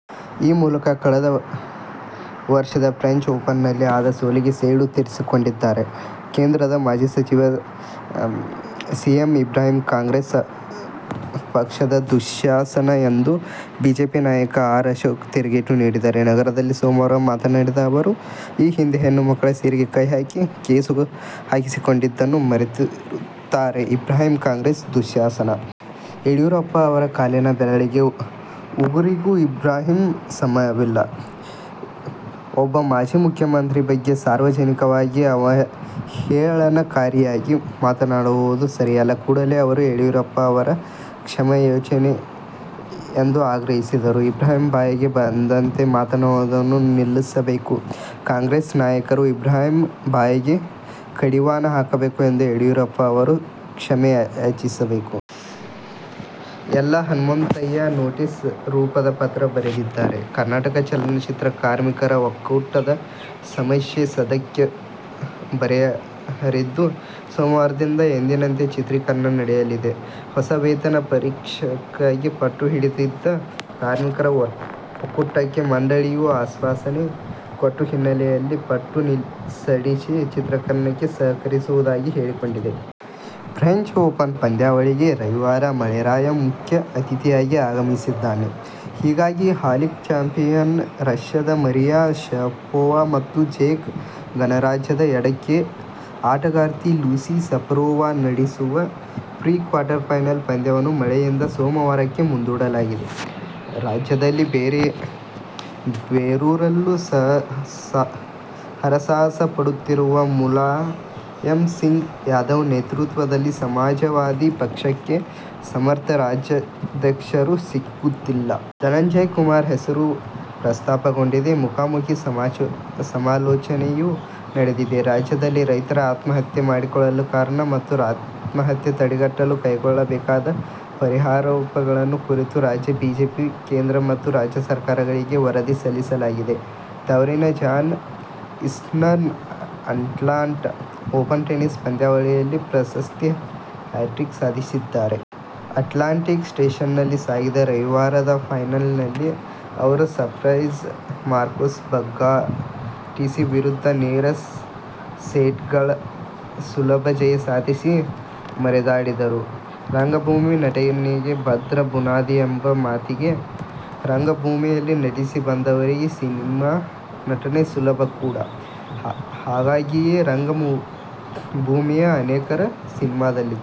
ಈ ಮೂಲಕ ಕಳೆದ ವರ್ಷದ ಫ್ರೆಂಚ್ ಓಪನ್ನಲ್ಲಿ ಆದ ಸೋಲಿಗೆ ಸೇಡು ತೀರಿಸಿಕೊಂಡಿದ್ದಾರೆ. ಕೇಂದ್ರದ ಮಾಜಿ ಸಚಿವ ಸಿ. ಎಂ. ಇಬ್ರಾಹಿಂ ಕಾಂಗ್ರೆಸ್ ಪಕ್ಷದ ದುಶ್ಯಾಸನ ಎಂದು ಬಿಜೆಪಿ ನಾಯಕ ಆರ್. ಅಶೋಕ್ ತಿರುಗೇಟು ನೀಡಿದ್ದಾರೆ. ನಗರದಲ್ಲಿ ಸೋಮವಾರ ಮಾತನಾಡಿದ ಅವರು, ಈ ಹಿಂದೆ ಹೆಣ್ಣು ಮಕ್ಕಳ ಸೀರೆಗೆ ಕೈ ಹಾಕಿ, ಕೇಸು ಹಾಕಿಸಿಕೊಂಡಿದ್ದನ್ನು ಮರೆತಿರುವ ಇಬ್ರಾಹಿಂ ಕಾಂಗ್ರೆಸ್ನ ದುಶ್ಯಾಸನ. ಯಡಿಯೂರಪ್ಪ ಅವರ ಕಾಲಿನ ಬೆರಳಿನ ಉಗುರಿಗೂ ಇಬ್ರಾಹಿಂ ಸಮವಿಲ್ಲ. ಒಬ್ಬ ಮಾಜಿ ಮುಖ್ಯಮಂತ್ರಿ ಬಗ್ಗೆ ಸಾರ್ವಜನಿಕವಾಗಿ ಅವಹೇಳನಕಾರಿಯಾಗಿ ಮಾತನಾಡುವುದು ಸರಿಯಲ್ಲ. ಕೂಡಲೇ ಅವರು ಯಡಿಯೂರಪ್ಪ ಅವರ ಕ್ಷಮೆ ಯಾಚಿಸಬೇಕು ಎಂದು ಆಗ್ರಹಿಸಿದರು. ಇಬ್ರಾಹಿಂ ಬಾಯಿಗೆ ಬಂದಂತೆ ಮಾತನಾಡುವುದನ್ನು ನಿಲ್ಲಿಸಬೇಕು. ಕಾಂಗ್ರೆಸ್ ನಾಯಕರು ಇಬ್ರಾಹಿಂ ಬಾಯಿಗೆ ಕಡಿವಾಣ ಹಾಕಬೇಕು ಹಾಗೂ ಯಡಿಯೂರಪ್ಪ ಅವರ ಕ್ಷಮೆಯಾಚಿಸಬೇಕು. ಎಲ್. ಹನುಮಂತಯ್ಯ ನೋಟಿಸ್ ರೂಪದ ಪತ್ರ ಬರೆದಿದ್ದಾರೆ. ಕರ್ನಾಟಕ ಚಲನಚಿತ್ರ ಕಾರ್ಮಿಕರ ಒಕ್ಕೂಟದ ಸಮಸ್ಯೆ ಸದ್ಯಕ್ಕೆ ಬಗೆಹರಿದಿದ್ದು, ಸೋಮವಾರದಿಂದ ಎಂದಿನಂತೆ ಚಿತ್ರೀಕರಣ ನಡೆಯಲಿದೆ. ಹೊಸ ವೇತನ ಪರಿಷ್ಕರಣೆಗೆ ಪಟ್ಟು ಹಿಡಿದಿದ್ದ ಕಾರ್ಮಿಕರ ಒಕ್ಕೂಟಕ್ಕೆ ಮಂಡಳಿಯು ಆಶ್ವಾಸನೆ ಕೊಟ್ಟ ಹಿನ್ನೆಲೆಯಲ್ಲಿ, ಪಟ್ಟು ಸಡಿಲಿಸಿ ಚಿತ್ರೀಕರಣಕ್ಕೆ ಸಹಕರಿಸುವುದಾಗಿ ಹೇಳಿಕೊಂಡಿದೆ. ಫ್ರೆಂಚ್ ಓಪನ್ ಪಂದ್ಯಾವಳಿಗೆ ರವಿವಾರ ಮಳೆರಾಯ ಮುಖ್ಯ ಅತಿಥಿಯಾಗಿ ಆಗಮಿಸಿದ್ದಾನೆ. ಹೀಗಾಗಿ ಹಾಲಿ ಚಾಂಪಿಯನ್ ರಶ್ಯದ ಮರಿಯಾ ಶರಪೋವಾ ಮತ್ತು ಜೆಕ್ ಗಣರಾಜ್ಯದ ಎಡಗೈ ಆಟಗಾರ್ತಿ ಲೂಸಿ ಸಫರೋವಾ ನಡುವಿನ ಪ್ರೀ-ಕ್ವಾರ್ಟರ್ ಫೈನಲ್ ಪಂದ್ಯವನ್ನು ಮಳೆಯಿಂದ ಸೋಮವಾರಕ್ಕೆ ಮುಂದೂಡಲಾಗಿದೆ. ರಾಜ್ಯದಲ್ಲಿ ಬೇರೂರಲು ಹರಸಾಹಸ ಪಡುತ್ತಿರುವ ಮುಲಾಯಂ ಸಿಂಗ್ ಯಾದವ್ ನೇತೃತ್ವದ ಸಮಾಜವಾದಿ ಪಕ್ಷಕ್ಕೆ ಸಮರ್ಥ ರಾಜ್ಯಾಧ್ಯಕ್ಷರು ಸಿಗುತ್ತಿಲ್ಲ. ಧನಂಜಯಕುಮಾರ್ ಹೆಸರು ಪ್ರಸ್ತಾಪಗೊಂಡಿದೆ. ಮುಖಾಮುಖೀ ಸಮಾಲೋಚನೆಯೂ ನಡೆದಿದೆ. ರಾಜ್ಯದಲ್ಲಿ ರೈತರು ಆತ್ಮಹತ್ಯೆ ಮಾಡಿಕೊಳ್ಳಲು ಕಾರಣ ಮತ್ತು ಆತ್ಮಹತ್ಯೆ ತಡೆಗಟ್ಟಲು ಕೈಗೊಳ್ಳಬೇಕಾದ ಪರಿಹಾರೋಪಾಯಗಳ ಕುರಿತು ರಾಜ್ಯ ಬಿಜೆಪಿ ಕೇಂದ್ರ ಮತ್ತು ರಾಜ್ಯ ಸರ್ಕಾರಗಳಿಗೆ ವರದಿ ಸಲ್ಲಿಸಲಿದೆ. ತವರಿನ John Isner Atlanta Open tennis ಪಂದ್ಯಾವಳಿಯಲ್ಲಿ ಪ್ರಶಸ್ತಿಯ ಹ್ಯಾಟ್ರಿಕ್ ಸಾಧಿಸಿದ್ದಾರೆ. "ಅಟ್ಲಾಂಟಿಕ್ ಸ್ಟೇಷನ್'ನಲ್ಲಿ ಸಾಗಿದ ರವಿವಾರದ ಫೈನಲ್ನಲ್ಲಿ ಅವರು ಸೈಪ್ರಸ್ನ ಮಾರ್ಕೋಸ್ ಬಗ್ಧಾಟಿಸ್ ವಿರುದ್ಧ, ನೇರ ಸೆಟ್ಗಳ ಸುಲಭ ಜಯ ಸಾಧಿಸಿ ಮೆರೆದಾಡಿದರು. ರಂಗಭೂಮಿ ನಟನೆಗೆ ಭದ್ರ ಬುನಾದಿ ಎಂಬ ಮಾತಿದೆ. ರಂಗಭೂಮಿಯಲ್ಲಿ ನಟಿಸಿ ಬಂದವರಿಗೆ ಸಿನಿಮಾ ನಟನೆ ಸುಲಭ ಕೂಡಾ. ಹಾಗಾಗಿಯೇ ರಂಗಭೂಮಿಯ ಅನೇಕರು ಸಿನಿಮಾದಲ್ಲಿದ್ದಾರೆ.